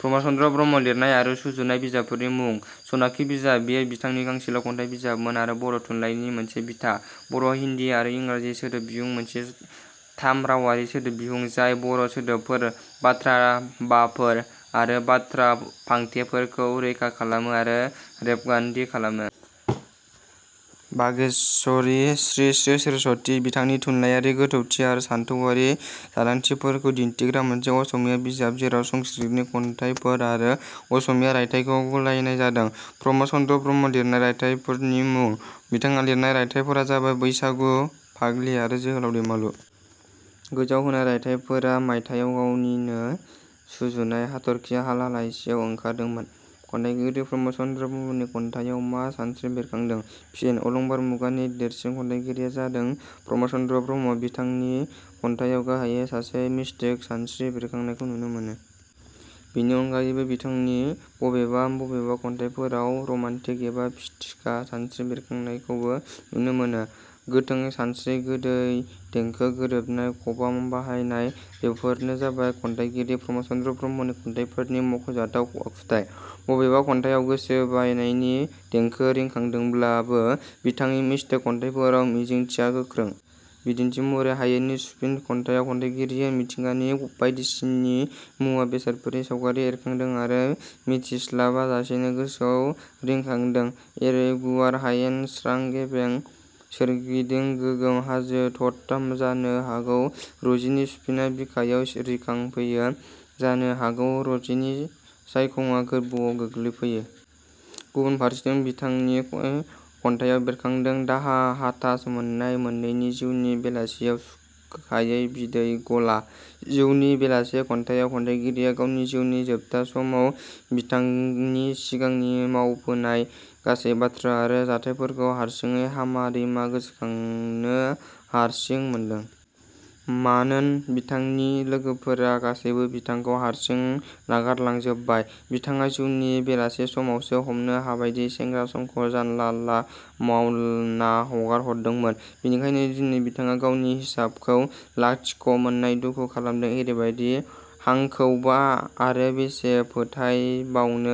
प्रम'द चन्द्र ब्रह्म लिरनाय आरो सुजुनाय बिजाबफोरनि मुं: सनाखि बिजाब – बेयो बिथांनि गांसेल' खन्थाइ बिजाबमोन आरो बर' थुनलायनि मोनसे बिथा। बर' हिन्दी आरो इंराजि सोदोबिहुं– मोनसे थाम रावारि सोदोबबिहुं जाय बर' सोदोबफोर, बाथ्रा भाफोर आरो बाथ्रा फांथेफोरखौ रैखा खालामो आरो रेबगान्थि खालामो। बागेश्वरी श्री श्री सरस्वती– बिथांनि थुनलायारि गोथौथि आरो सानथौआरि सानदांथिफोरखौ दिन्थिग्रा मोनसे असमिया बिजाब जेराव संस्कृतनि खन्थाइफोर आरो असमिया रायथाइखौ गलायनाय जादों। प्रम'द चन्द्र ब्रह्म लिरनाय रायथाइफोरनि मुं: बिथाङा लिरनाय रायथाइफोरा जाबाय- बैसागु, फाग्लि आरो जोहोलाव दैमालु। गोजौवाव होनाय राइथाइफोरा मायथायाव गावनिनो सुजुनाय हाथर्खि हाला लाइसियाव ओंखारदोंमोन।. खन्थाइगिरि प्रम'द चन्द्र ब्रह्मनि खन्थाइयाव मा सानस्रि बेरखांदों? फिन: अलंबार मुगानि देरसिन खन्थाइगिरिया जादों प्रम'द चन्द्र ब्रह्म। बिथांनि खन्थाइयाव गाहायै सासे मिसटिक सानस्रि बेरखांनायखौ नुनो मोनो। बेनि अनगायैबो बिथांनि बबेबा बबेबा खन्थाइफोराव रमान्टिक एबा फिथिखा सानस्रि बेरखांनायखौबो नुनो मोनो। गोथों सानस्रि, गोदै देंखो, गोरोबनाय खबाम बाहायनाय, बेफोरनो जाबाय खन्थाइगिरि प्रम'द चन्द्र ब्रह्मनि खन्थाइफोरनि मुंख'जाथाव आखुथाइ। बबेबा खन्थाइयाव गोसो बायनायनि देंखो रिखांदोब्लाबो, बिथांनि मिष्टिक खन्थाइफोराव मिजिंथिया गोख्रों। बिदिन्थि महरै- "हायेननि सुफिन "खन्थाइयाव खन्थाइगिरिया मिथिंगानि बायदिसिनि मुवा-बेसादफोरनि सावगारि एरखांदों आरो मिथिस्लाबा जासेनो गोसोआव रिखांदों एरै- "गुवार हायेन स्रां गेबें सोरगिदिं गोगोम हाजो थरथाम, जानो हागौ- रजिनि सुफिना बिखायाव रिखांफैयो जानो हागौ— रजिनि साइखङा गोर्बोआव गोग्लैफैयो। " गुबुन फारसेथिं, बिथांनि खन्थाइयाव बेरखांदों दाहा, हाथास मोन्नाय-मोनैनि "जिउनि बेलासेयाव सुख 'हायै बिदै ग'ला। " जिउनि बेलासे खन्थाइयाव खन्थाइगिरिया गावनि जिउनि जोबथा समाव बिथांनि सिगांनि मावबोनाय गासै बाथ्रा आरो जाथाइफोरखौ हारसिङै हामा दैमा गोसोखांना हारसिं मोनदों। मानोन बिथांनि लोगोफोरा गासैबो बिथांखौ हारसिं नागारलांजोबबाय। बिथाङा जिउनि बेलासे समावसो हमनो हाबायदि सेंग्रा समखौ जानला ला मावना हगारहरदोंमोन। बेनिखायनो दिनै बिथाङा गावनि हिसाबखौ लाथिख' मोननाय दुखु खालमदों एरैबादि – "हांखौबा आरो बेसे फोथायबावनो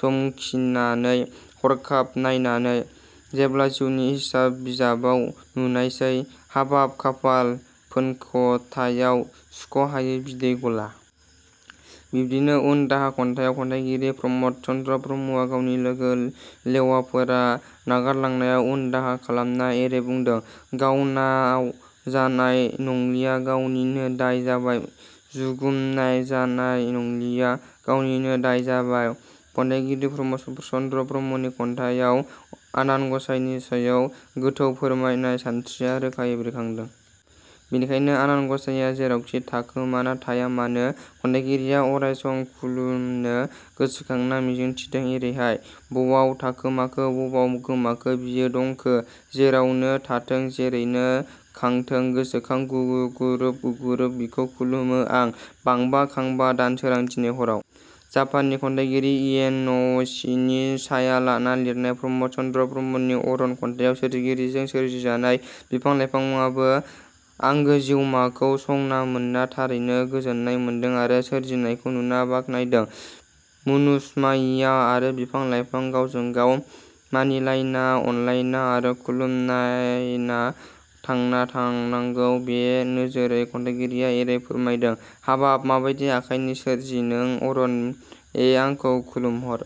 समखिनानै हरखाब नायनायसै जेब्ला जिउनि हिसाब बिजाबाव नुनायसै हाबाब खाफाल फोनख'थायाव सुख'हायै बिदै गला। " बिब्दिनो "उनदाहा" खन्थाइयाव खन्थाइगिरि प्रम'द चन्द्र ब्रह्मआ गावनि लोगो-लेवाफोरा नागारलांनायाव उनदाहा खालामना एरै बुंदों- "गावनाव जानाय नंलिया, गावनिनो दाय जाबाय, जुगुमनाय जानाय नंलिया, गावनिनो दाय जाबाय। " खन्थाइगिरि प्रम'द चन्द्र ब्रह्मनि खन्थाइयाव आनान ग'साइनि सायाव गोथौ फोरमायनाय सानस्रिया रोखायै बेरखांदों। बेनिखायनो आनान ग'साइया जेरावखि थाखोमाना थाया मानो खन्थाइगिरिया अराय सम खुलुमनो गोसोखांना मिजिंथिदों एरैहाय- "बबाव थाखोमाखो बबाव गोमाखो बियो दंखो? जेरावनो थांथों जैरैनो खांथों गोसोखां गुगुरुब गुगुरुब बिखौ खुलुमो आं बांबा खांबा दानसोरां दिनै हराव। " जापाननि खन्थाइगिरि इयेन न'वसिनि साया लाना लिरनाय प्रम'द चन्द्र ब्रह्मनि 'अरण' खन्थाइयाव सोरजिगिरिजों सोरजिजानाय बिफां लाइफाङाबो आंगो जिउमाखौ संना मोनना थारैनो गोजोन्नाय मोनदों आरो सोरजिनायखौ नुना बाखनायदों। मुनुसमैया आरो बिफां-लाइफां गावजों गाव मानिलायना, अनलायना आरो खुलुमलायना थांना थानांगौ बे नोजोरै खन्थाइगिरिया एरै फोरमायदों- "हाबाब माबादि आखाइनि सोरजि नों अरण ऐ आंखौ खुलुमहर!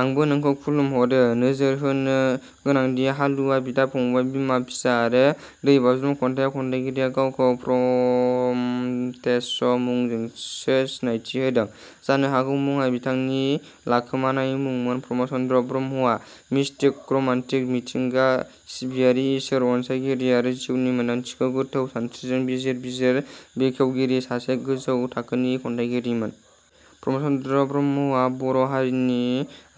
आंबो नौखौ खुलुमहरो………….। नोजोर होनो गोनांदि 'हालुवा', 'बिदा-फंबाय', 'बिमा-फिसा', आरो 'दै बाज्रुम' खन्थाइयाव खन्थाइगिरिया गावखौ 'प्रमथेश' मुंजोंसो सिनायथि होदों। जानो हागौ मुङा बिथांनि लाखोमानाय मुंमोन। प्रम'द चन्द्र ब्रह्मआ मिष्टिक, र'मान्टिक, मिथिंगा सिबियारि, इसोर अनसाइगिरि आरो जिउनि मोनदांथिखौ गोथौ सानस्रिजों बिजिर बिजिर बेखवगिरि सासे गोजौ थाखोनि खन्थाइगिरिमोन।. प्रम'द चन्द्र ब्रह्मआ बर' हारिनि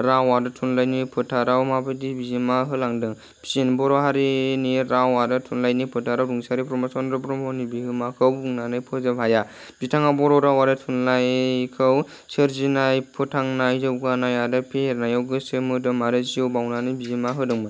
राव आरो थुनलाइनि फोथाराव माबादि बिहोमा होलांदों? फिन: बर' हारिनि राव आरो थुनलाइनि फोथाराव रुंसारि प्रम'द चन्द्र ब्रह्मनि बिहोमाखौ बुंनानै फोजोब हाया। बिथाङा बर' राव आरो थुनलायखौ सोरजिनाय, फोथांनाय, जौगानाय आरो फेहेरनायाव गोसो मोदोम आरो जिउ बाउनानै बिहोमा होदोंमोन।